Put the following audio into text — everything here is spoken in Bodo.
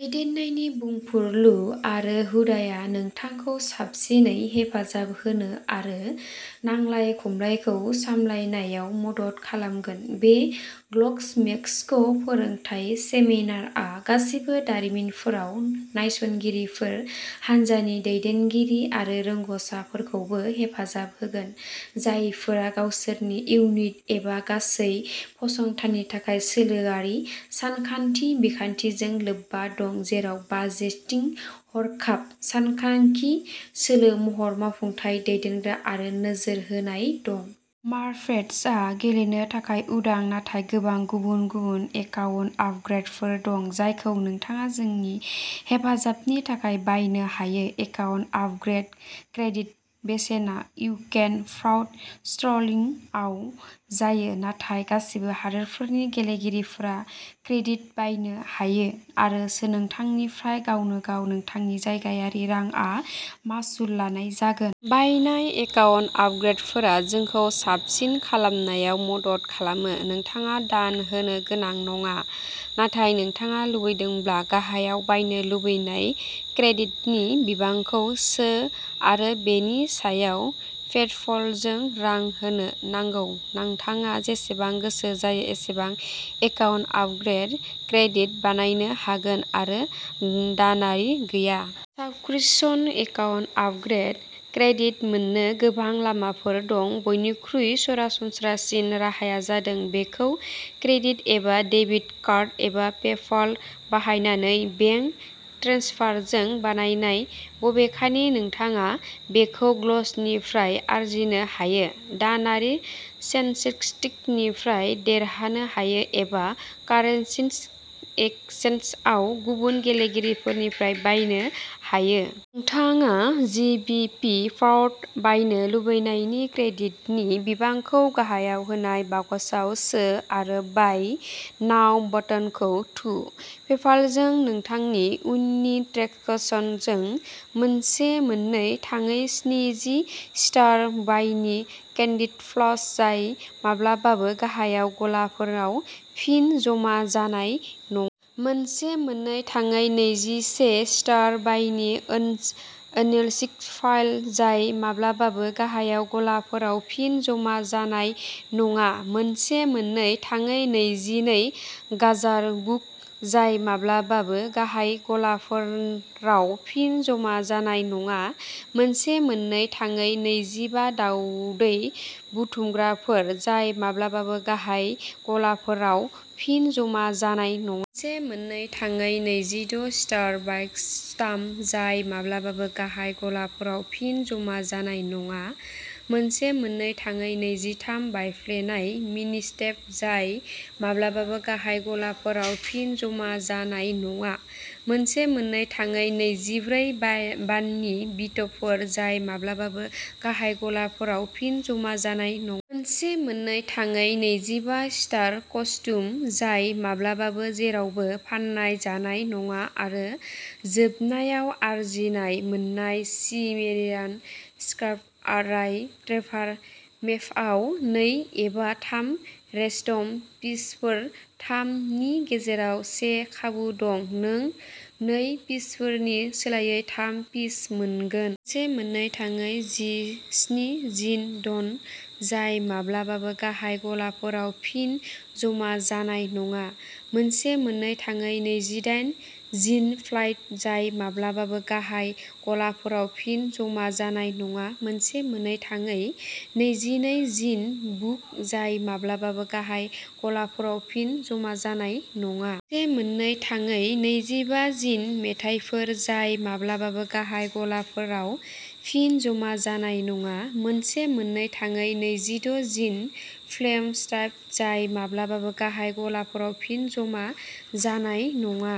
दैदेननायनि बुंफुरलु आरो हुदाया नोंथांखौ साबसिनै हेफाजाब होनो आरो नांलाय खमलायखौ सामलायनायाव मदद खालामगोन। बे ग्ल'मेक्स फोरोंथाय सेमिनारआ गासिबो दारिमिनफोराव नायसंगिरिफोर, हानजानि दैदेनगिरि आरो रोंग'सारफोरखौबो हेफाजाब होगोन, जायफोरा गावसोरनि इउनिट एबा गासै फसंथाननि थाखाय सोलोआरि सानथांखि बिखान्थिजों लोब्बा दं, जेराव बाजेटिं, हरखाब सानथांखि, सोलो महर, मावफुंथाय, दैदेनग्रा आरो नोजोर होनाय दं। मारापेट्सआ गेलेनो थाखाय उदां नाथाय गोबां गुबुन गुबुन एकाउन्ट आपग्रेदफोर दं, जायखौ नोंथाङा जोंनि हेफाजाबनि थाखाय बायनो हायो। एकाउन्ट आपग्रेद क्रेडिटनि बेसेना इउके पाउन्द स्टर्लिंग आव जायो, नाथाय गासिबो हादोरफोरनि गेलेगिरिफोरा क्रेडिट बायनो हायो आरो नोंथांनिफ्राय गावनो गाव नोंथांनि जायगायारि रांआव मासुल लानाय जागोन। बायनाय एकाउन्ट आपग्रेदफोरा जोंखौ साबसिन खालामनायाव मदद खालामो। नोंथाङा दान होनो गोनां नङा, नाथाय नोंथाङा लुबैदोंब्ला, गाहायाव बायनो लुबैनाय क्रेडिटनि बिबांखौ सो आरो बेनि थाखाय पेप'लजों रां होनो नांगौ। नोंथाङा जेसेबां गोसो जायो एसेबां एकाउन्ट आपग्रेद क्रेडिट बायनो हागोन आरो दानारि गैया। साब्सक्रिप्शन। एकाउन्ट आपग्रेड्स क्रेडिट मोननो गोबां लामाफोर दं। बयनिख्रुइ सरासनस्रासिन राहाया जादों बेखौ क्रेडिट एबा डेबिट कार्ड एबा पेपाल बाहायनानै बेंक ट्रेन्सफारजों बायनाय। बबेखानि, नोंथाङा बेखौ गल्सनिफ्राय आरजिनो हायो, दानारि चेकलिस्टनिफ्राय देरहानो हायो एबा कारेन्सि एक्सचेन्जआव गुबुन गेलेगिरिफोरनिफ्राय बायनो हायो। नोंथाङा जिबिपि पाउन्डआव बायनो लुबैनायनि क्रेडिटनि बिबांखौ गाहायाव होनाय बक्सआव सो आरो बाय नाउ बाटोनखौ थु। पेपालजों नोंथांनि उननि ट्रेन्जेकसनजों!! मोनसे मोननो थाङै जिस्नि इस्टार बानि केन्डि फ्लस जाय माब्लाबाबो गाहाय गलाफोराव फिन जमा जानाय नङा। मोनसे मोननो थाङै नैजिसे इस्टार बानि ओनेसि पार्ल जाय माब्लाबाबो गाहाय गलाफोराव फिन जमा जानाय नङा। मोनसे मोननो थाङै नैजिनै गाजर बुक जाय माब्लाबाबो गाहाय गलाफोराव फिन जमा जानाय नङा। मोनसे मोननो थाङै नैजिबा दावदै बुथुमग्राफोर जाय माब्लाबाबो गाहाय गलाफोराव फिन जमा जानाय नङा। मोनसे मोननो थाङै नैजिद' इस्टार बास्केट स्टाम्प जाय माब्लाबाबो गाहाय गलाफोराव फिन जमा जानाय नङा। मोनसे मोननो थाङै नैजिथाम बायफ्लेनाय मिनिपेट जाय माब्लाबाबो गाहाय गलाफोराव फिन जमा जानाय नङा। मोनसे मोननो थाङै नैजिब्रै बाननि बिटफोर जाय माब्लाबाबो गाहाय गलाफोराव फिन जमा जानाय नङा। मोनसे मोननो थाङै नैजिबा इस्टार कस्टियुम जाय माब्लाबाबो जेरावबो फान्नाय जानाय नङा। आरो जोबनायाव, आजिरा मोननाय सिमेरियान एक्सप्ल'रार ट्रेजार मेपआव नै एबा थाम रेन्डम पिसफोर। थाम नि गेजेराव से खाबु दं नों नै पिसफोरनि सोलायै थाम पिस मोनगोन। मोनसे मोननो थाङै जिस्नि जिन ड'नट जाय माब्लाबाबो गाहाय गलाफोराव फिन जमा जानाय नङा। मोनसे मोननो थाङै नैजिदाइन जिन पार्ल जाय माब्लाबाबो गाहाय गलाफोराव फिन जमा जानाय नङा। मोनसे मोननो थाङै नैजिनै जिन बुक जाय माब्लाबाबो गाहाय गलाफोराव फिन जमा जानाय नङा। मोनसे मोननो थाङै नैजिबा जिन मेथाइफोर जाय माब्लाबाबो गाहाय गलाफोराव फिन जमा जानाय नङा। मोनसे मोननो थाङै नैजिद' जिन लेम्प स्टाम्प जाय माब्लाबाबो गाहाय गलाफोराव फिन जमा जानाय नङा।